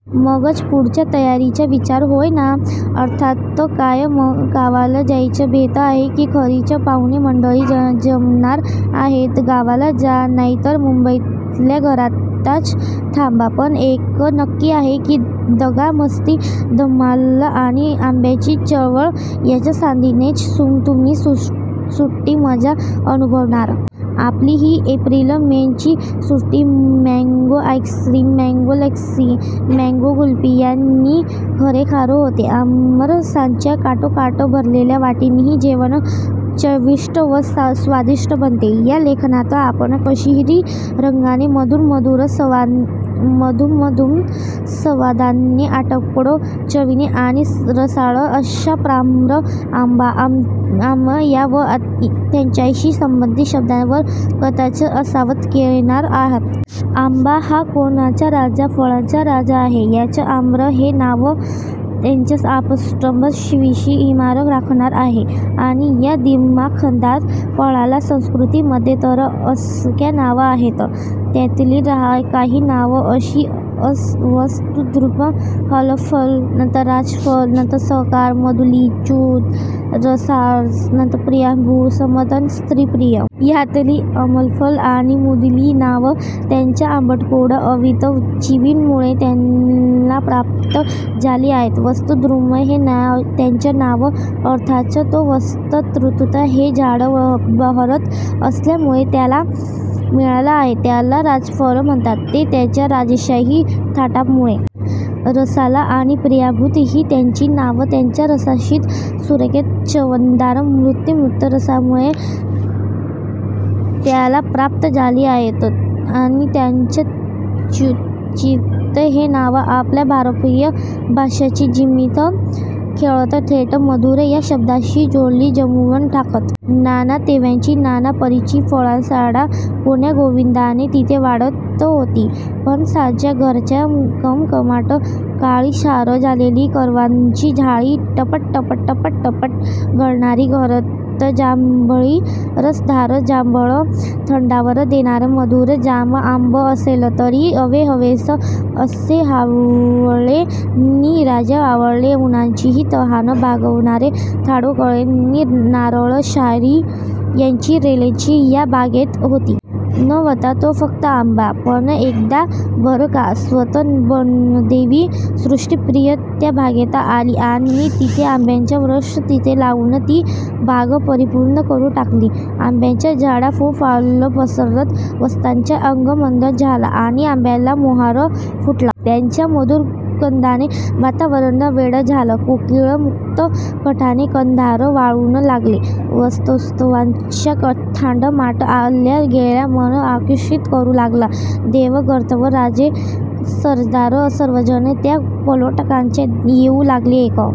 मगच पुढच्या तयारीचा विचार, होय ना अर्थातच. काय मग, गावाला जायचा बेत आहे की घरीच पाहुणे मंडळी ज जमणार आहेत गावाला जा, नाहीतर मुंबईतल्या घरातच थांबा. पण एक नक्की आहे की, दंगामस्ती, धम्माल आणि आंब्याची चंगळ यांच्या साथीनेच तुम्ही सुट्टीची मजा अनुभवणार. आपली ही एप्रिल-मे ची सुट्टी mango ice cream, mango lassi, mango kulfi यांनी गारेगार होते. आमरसाच्या काठोकाठ भरलेल्या वाट्यांनी जेवण चविष्ट व स्वादिष्ट बनते. या लेखात आपण केशरी रंगाने, मधुमधुर सुवा-सुवासाने, आंबटगोड चवीने आणि रसाळ अशा आम्र, आंबा, आम या व त्यांच्याशी संबंधित शब्दांचा व कथांचा आस्वाद घेणार आहोत. आंबा हा कोकणचा राजा, फळांचा राजा आहे. याचं 'आम्र' हे नाव त्याच्या आंबटसर चवीशी इमान राखणारं आहे आणि या दिमाखदार फळाला संस्कृतमध्ये तर असंख्य नावं आहेत. त्यातली काही नावं अशी- वसंतद्रुम, अम्लफल नंतर राजफल, नंतर सहकार, मधूली ,चूत, रसाल, नंतर प्रियांबू, सुमदन, स्त्रीप्रिय. यातली अम्लफल आणि मधूली ही नावं त्यांच्या आंबटगोड अवीट चवीमुळे त्याला प्राप्त झाली आहेत. वसंतद्रुम हे त्याचं नाव अर्थातच तो वसंत ऋतूत हे झाड बहरत असल्यामुळे त्याला मिळालं आहे. त्याला राजफल म्हणतात, ते त्याच्या राजेशाही थाटामुळे. रसाल आणि प्रियांबू ही त्याची नावं त्याच्या रसाशीत सुरेख चवदार अमृततुल्य रसामुळे त्याला प्राप्त झाली आहेत. आणि त्याचं चूत हे नाव आपल्या भारतीय भाषेशी झिम्मा खेळत थेट मधुर या शब्दाशी जोडी जमवून टाकतं. नाना तऱ्हेची, नाना परीची फळझाडं गुण्यागोविंदाने तिथे वाढत होती. फणसाच्या गऱ्यांचा घमघमाट, काळीशार झालेली करवंदाची जाळी, टपटप टपटप गळणारी गर्द जांभळी रसदार जांभळं, थंडावा देणारे मधुर जांब, आंबट असले, तरी हवेहवेसे असे आवळे नि रायआवळे, उन्हाळ्याची तहान भागवणारे ताडगोळे नि नारळ-शहाळी यांची रेलचेल या बागेत होती. नव्हता तो फक्त आंबा. पण एकदा बरं का, स्वतः वनदेवी सृष्टीप्रिया त्या बागेत आली आणि तिने आंब्याचा वृक्ष तिथे लावून ती बाग परिपूर्ण करून टाकली. आंब्याचं झाड फोफावलं, पसरलं. वसंताचं आगमन झालं आणि आंब्याला मोहोर फुटला. त्याच्या मधुगंधाने वातावरण वेडं झालं. कोकीळ मुक्त कंठाने गंधार आळवू लागले. वसंतोत्सवाचा थाटमाट आल्या-गेल्याचं मन आकर्षित करू लागला. देव, गंधर्व, राजे, सरदार सर्वजण त्या फलोउद्यानात येऊ लागले, एक एक.